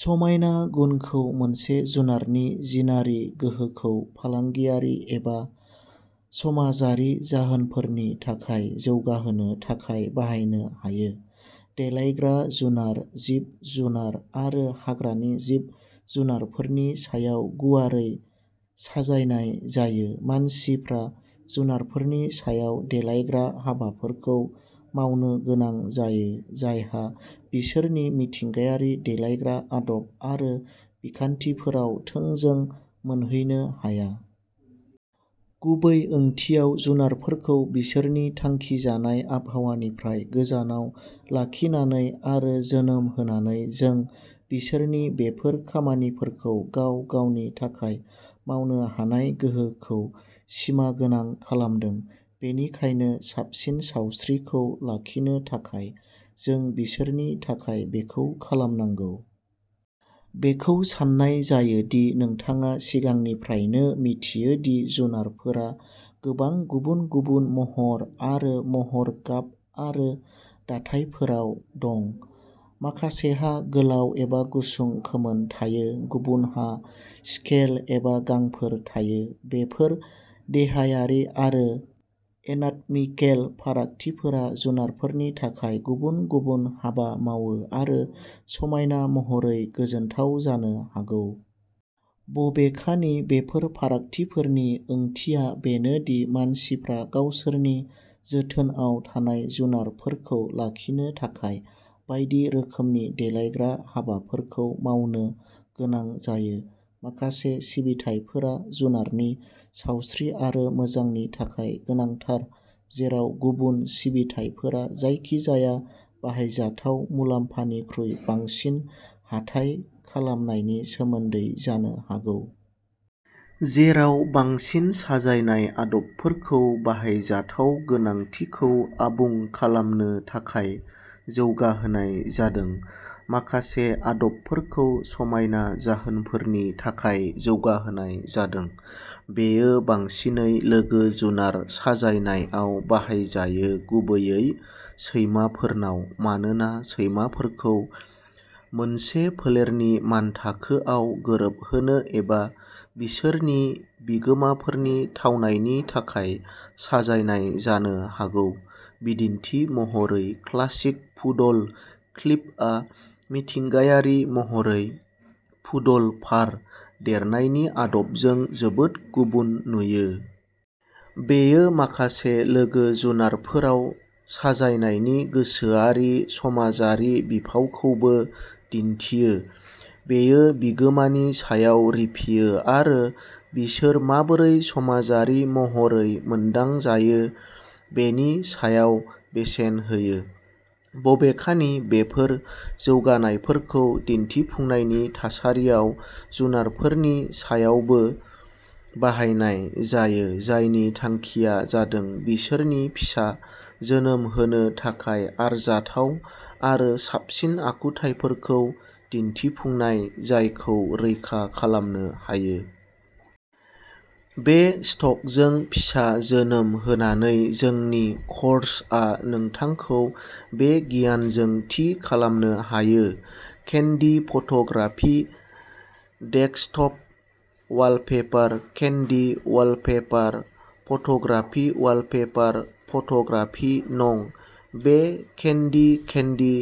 समायना गुनखौ मोनसे जुनारनि जिनारि गोहोखौ फालांगियारि एबा समाजारि जाहोनफोरनि थाखाय जौगाहोनो थाखाय बाहायनो हायो। देलायग्रा जुनार जिब जुनार आरो हाग्रानि जिब जुनारफोरनि सायाव गुवारै साजायनाय जायो। मानसिफ्रा जुनारफोरनि सायाव देलायग्रा हाबाफोरखौ मावनो गोनां जायो जायहा बिसोरनि मिथिंगायारि देलायग्रा आदब आरो बिखान्थिफोराव थोंजों मोनहैनो हाया। गुबै ओंथियाव जुनारफोरखौ बिसोरनि थांखिजानाय आबहावानिफ्राय गोजानाव लाखिनानै आरो जोनोम होनानै जों बिसोरनि बेफोर खामानिफोरखौ गाव गावनि थाखाय मावनो हानाय गोहोखौ सिमागोनां खालामदों। बेनिखायनो साबसिन सावस्रिखौ लाखिनो थाखाय जों बिसोरनि थाखाय बेखौ खालामनांगौ। बेखौ सान्नाय जायो दि नोंथाङा सिगांनिफ्रायनो मिथियो दि जुनारफोरा गोबां गुबुन गुबुन महर आरो महर गाब आरो दाथायफोराव दं। माखासेहा गोलाव एबा गुसुं खोमोन थायो गुबुनहा स्केल एबा गांफोर थायो। बेफोर देहायारि आरो एनाटमिकेल फारागथिफोरा जुनारफोरनि थाखाय गुबुन गुबुन हाबा मावो आरो समायना महरै गोजोनथाव जानो हागौ। बबेखानि बेफोर फारागथिफोरनि ओंथिया बेनो दि मानसिफ्रा गावसोरनि जोथोनआव थानाय जुनारफोरखौ लाखिनो थाखाय बायदि रोखोमनि देलायग्रा हाबाफोरखौ मावनो गोनां जायो। माखासे सिबिथायफोरा जुनारनि सावस्रि आरो मोजांनि थाखाय गोनांथार जेराव गुबुन सिबिथायफोरा जायखिजाया बाहायजाथाव मुलाम्फानिख्रुइ बांसिन हाथाय खालामनायनि सोमोन्दै जानो हागौ। जेराव बांसिन साजायनाय आदबफोरखौ बाहायजाथाव गोनांथिखौ आबुं खालामनो थाखाय जौगाहोनाय जादों माखासे आदबफोरखौ समायना जाहोनफोरनि थाखाय जौगाहोनाय जादों। बेयो बांसिनै लोगो जुनार साजायनायआव बाहायजायो गुबैयै सैमाफोरनाव मानोना सैमाफोरखौ मोनसे फोलेरनि मानथाखोआव गोरोबहोनो एबा बिसोरनि बिगोमाफोरनि थावनायनि थाखाय साजायनाय जानो हागौ बिदिन्थि महरै क्लासिक पुडल क्लिपआ मिथिंगायारि महरै पुडल फार देरनायनि आदबजों जोबोद गुबुन नुयो। बेयो माखासे लोगो जुनारफोराव साजायनायनि गोसोआरि समाजारि बिफावखौबो दिन्थियो बेयो बिगोमानि सायाव रिफियो आरो बिसोर माबोरै समाजारि महरै मोनदांजायो बेनि सायाव बेसेन होयो। बबेखानि बेफोर जौगानायफोरखौ दिन्थिफुंनायनि थासारियाव जुनारफोरनि सायावबो बाहायनाय जायो जायनि थांखिया जादों बिसोरनि फिसा जोनोम होनो थाखाय आरजाथाव आरो साबसिन आखुथायफोरखौ दिनथिफुंनाय जायखौ रैखा खालामनो हायो। बे स्टकजों फिसा जोनोम होनानै जोंनि कर्सआ नोंथांखौ बे गियानजों थि खालामनो हायो। Candy photography desktop wallpaper candy wallpaper photography wallpaper photography नं। बे केन्डी केन्डी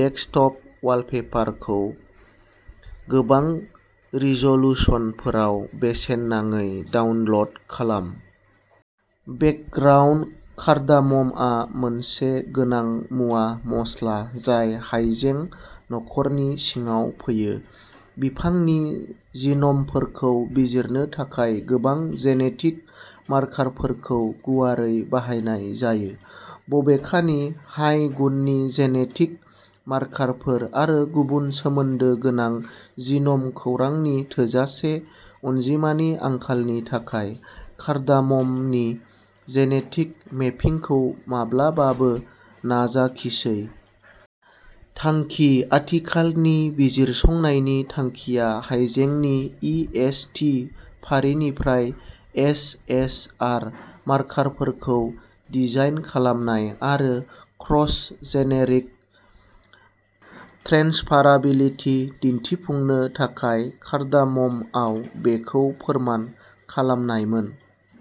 डेस्कट'प वालपेपरखौ गोबां रिज'लुसनफोराव बेसेन नाङै डाउनल'ड खालाम। बेकग्राउन्ड कार्डामम आ मोनसे गोनां मुवा मस्ला जाय हाइजें नखरनि सिङाव फैयो। बिफांनि जिन'मफोरखौ बिजिरनो थाखाय गोबां जेनेटिक मार्कारफोरखौ गुवारै बाहायनाय जायो। बबेखानि हाइ गुननि जेनेटिक मार्कारफोर आरो गुबुन सोमोन्दो गोनां जिन'म खौरांनि थोजासे अनजिमानि आंखालनि थाखाय कार्डाममनि जेनेटिक मेपिंखौ माब्लाबाबो नाजाखिसै। थांखि आथिखालनि बिजिरसंनायनि थांखिया हाइजेंनि इ एस टि फारिनिफ्राय एस एस आर मार्कारफोरखौ डिजाइन खालामनाय आरो क्रस जेनेरिक ट्रेन्सफाराबिलिटि दिनथिफुंनो थाखाय कार्डाम'मआव बेखौ फोरमान खालामनायमोन।